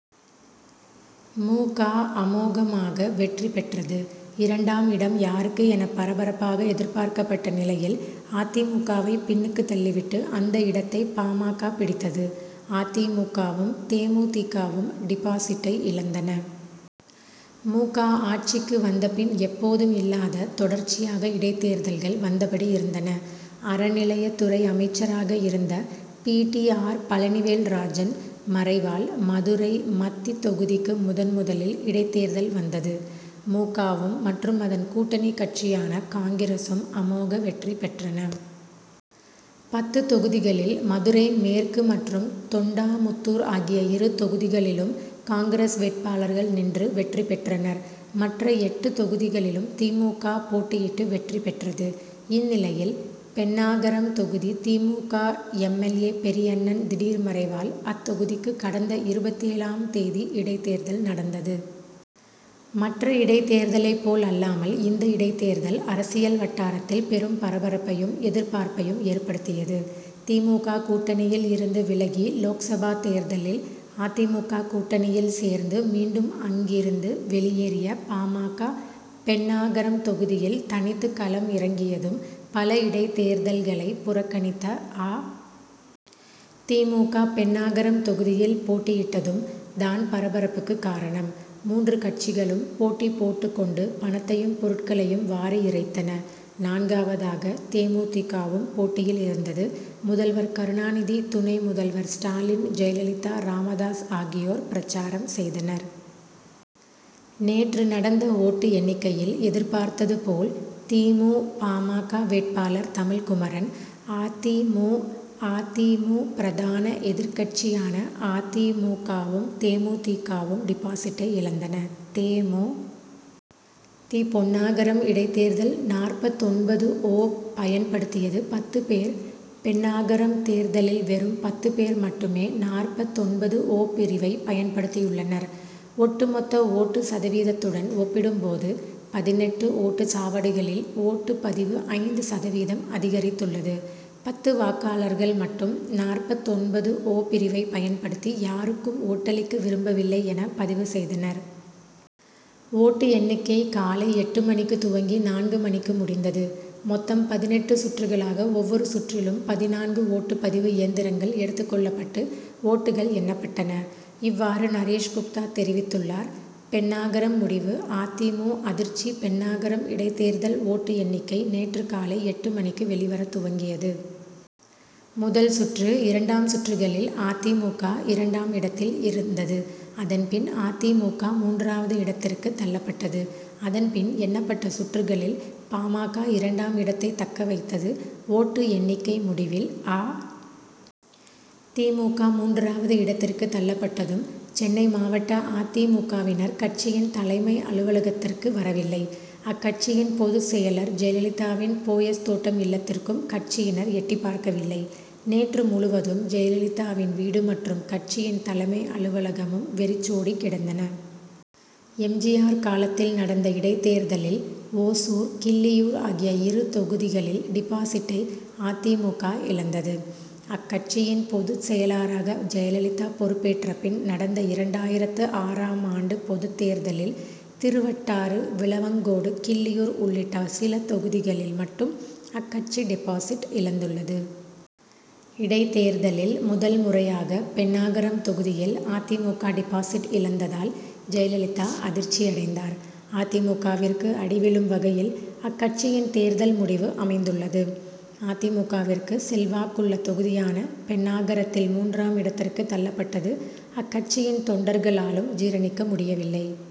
மு. க. அமோகமாக வெற்றி பெற்றது. இரண்டாம் இடம் யாருக்கு என பரபரப்பாக எதிர்பார்க்கப்பட்ட நிலையில் அ. தி. மு. க.வை பின்னுக்கு தள்ளிவிட்டு அந்த இடத்தை பா. ம. க. பிடித்தது. அ. தி. மு. க.வும் தே. மு. தி. க.வும் டிபாசிட்டை இழந்தன. மு. க. ஆட்சிக்கு வந்த பின் எப்போதும் இல்லாத தொடர்ச்சியாக இடைத்தேர்தல்கள் வந்தபடி இருந்தன. அறநிலையத்துறை அமைச்சராக இருந்த பி. டி. ஆர். பழனிவேல்ராஜன் மறைவால் மதுரை மத்தி தொகுதிக்கு முதன் முதலில் இடைத்தேர்தல் வந்தது. மு. க.வும் மற்றும் அதன் கூட்டணி கட்சியான காங்கிரசும் அமோக வெற்றி பெற்றன. பத்து தொகுதிகளில் மதுரை மேற்கு மற்றும் தொண்டாமுத்தூர் ஆகிய இரு தொகுதிகளிலும் காங்கிரஸ் வேட்பாளர்கள் நின்று வெற்றி பெற்றனர். மற்ற எட்டு தொகுதிகளிலும் தி. மு. க. போட்டியிட்டு வெற்றி பெற்றது. இந்நிலையில் பென்னாகரம் தொகுதி தி. மு. க. எம். எல். ஏ. பெரியண்ணன் திடீர் மறைவால் அத்தொகுதிக்கு கடந்த இருபத்தேழாம் தேதி இடைத்தேர்தல் நடந்தது. மற்ற இடைத்தேர்தலைப் போல் அல்லாமல் இந்த இடைத்தேர்தல் அரசியல் வட்டாரத்தில் பெரும் பரபரப்பையும் எதிர்பார்ப்பையும் ஏற்படுத்தியது. தி. மு. க. கூட்டணியில் இருந்து விலகி லோக்சபா தேர்தலில் அ. தி. மு. க. கூட்டணியில் சேர்ந்து மீண்டும் அங்கிருந்து வெளியேறிய பா. ம. க. பென்னாகரம் தொகுதியில் தனித்து களம் இறங்கியதும் பல இடைத்தேர்தல்களை புறக்கணித்த அ. தி. மு. க. பென்னாகரம் தொகுதியில் போட்டியிட்டதும் தான் பரபரப்புக்கு காரணம். மூன்று கட்சிகளும் போட்டி போட்டுக் கொண்டு பணத்தையும் பொருட்களையும் வாரி இறைத்தன. நான்காவதாக தே. மு. தி. க.வும் போட்டியில் இருந்தது. முதல்வர் கருணாநிதி துணை முதல்வர் ஸ்டாலின், ஜெயலலிதா, ராமதாஸ் ஆகியோர் பிரசாரம் செய்தனர். நேற்று நடந்த ஓட்டு எண்ணிக்கையில் எதிர்பார்த்தது போல் தி. மு. பா. ம. க. வேட்பாளர் தமிழ்குமரன் அ. தி. மு. அ. தி. மு. பிரதான எதிர்க்கட்சியான அ. தி. மு. க.வும், தே. மு. தி. க.வும் டிபாசிட்டை இழந்தன. தே. மு. தி. பொன்னாகரம் இடைத்தேர்தல் நாற்பத்தொன்பது-ஓ பயன்படுத்தியது பத்து பேர் பென்னாகரம் தேர்தலில் வெறும் பத்து பேர் மட்டுமே நாற்பத்தொன்பது -ஓ பிரிவை பயன்படுத்தியுள்ளனர். ஒட்டு மொத்த ஓட்டு சதவீதத்துடன் ஒப்பிடும் போது பதினெட்டு ஓட்டுச்சாவடிகளில் ஓட்டுப்பதிவு ஐந்து சதவீதம் அதிகரித்துள்ளது. பத்து வாக்காளர்கள் மட்டும் நாற்பத்தொன்பது -ஓ பிரிவைப் பயன்படுத்தி யாருக்கும் ஓட்டளிக்க விரும்பவில்லை என பதிவு செய்தனர். ஓட்டு எண்ணிக்கை காலை எட்டு மணிக்குத் துவங்கி நான்கு மணிக்கு முடிந்தது. மொத்தம் பதினெட்டு சுற்றுகளாக ஒவ்வொரு சுற்றிலும் பதினான்கு ஓட்டுப்பதிவு இயந்திரங்கள் எடுத்துக்கொள்ளப்பட்டு ஓட்டுகள் எண்ணப்பட்டன. இவ்வாறு நரேஷ் குப்தா தெரிவித்துள்ளார். பென்னாகரம் முடிவு அ. தி. மு. அதிர்ச்சி பென்னாகரம் இடைத்தேர்தல் ஓட்டு எண்ணிக்கை நேற்று காலை எட்டு மணிக்கு வெளிவரத் துவங்கியது. முதல் சுற்று, இரண்டாம் சுற்றுகளில் அ. தி. மு. க. இரண்டாம் இடத்தில் இருந்தது. அதன்பின் அ. தி. மு. க. மூன்றாவது இடத்திற்கு தள்ளப்பட்டது. அதன் பின் எண்ணப்பட்ட சுற்றுகளில் பா. ம. க. இரண்டாம் இடத்தை தக்க வைத்தது. ஓட்டு எண்ணிக்கை முடிவில் அ. தி. மு. க. மூன்றாவது இடத்திற்கு தள்ளப்பட்டதும் சென்னை மாவட்ட அ. தி. மு. க.வினர் கட்சியின் தலைமை அலுவலகத்திற்கு வரவில்லை. அக்கட்சியின் பொதுச்செயலர் ஜெயலலிதாவின் போயஸ் தோட்டம் இல்லத்திற்கும் கட்சியினர் எட்டிப்பார்க்கவில்லை. நேற்று முழுவதும் ஜெயலலிதாவின் வீடு மற்றும் கட்சியின் தலைமை அலுவலகமும் வெறிச்சோடி கிடந்தன. எம். ஜி. ஆர். காலத்தில் நடந்த இடைத்தேர்தலில் ஓசூர், கிள்ளியூர் ஆகிய இரு தொகுதிகளில் டிபாசிட்டை அ. தி. மு. க. இழந்தது. அக்கட்சியின் பொதுச் செயலாராக ஜெயலலிதா பொறுப்பேற்ற பின் நடந்த இரண்டாயிரத்து ஆறாம் ஆண்டு பொதுத் தேர்தலில் திருவட்டாறு, விளவங்கோடு, கிள்ளியூர் உள்ளிட்ட சில தொகுதிகளில் மட்டும் அக்கட்சி டெபாசிட் இழந்துள்ளது. இடைத்தேர்தலில் முதல்முறையாக பென்னாகரம் தொகுதியில் அ. தி. மு. க. டிபாசிட் இழந்ததால் ஜெயலலிதா அதிர்ச்சி அடைந்தார். அ. தி. மு. க.விற்கு அடி விழும் வகையில் அக்கட்சியின் தேர்தல் முடிவு அமைந்துள்ளது. அ. தி. மு. க.விற்கு செல்வாக்குள்ள தொகுதியான பென்னாகரத்தில் மூன்றாம் இடத்திற்கு தள்ளப்பட்டது அக்கட்சியின் தொண்டர்களாலும் ஜீரணிக்க முடியவில்லை.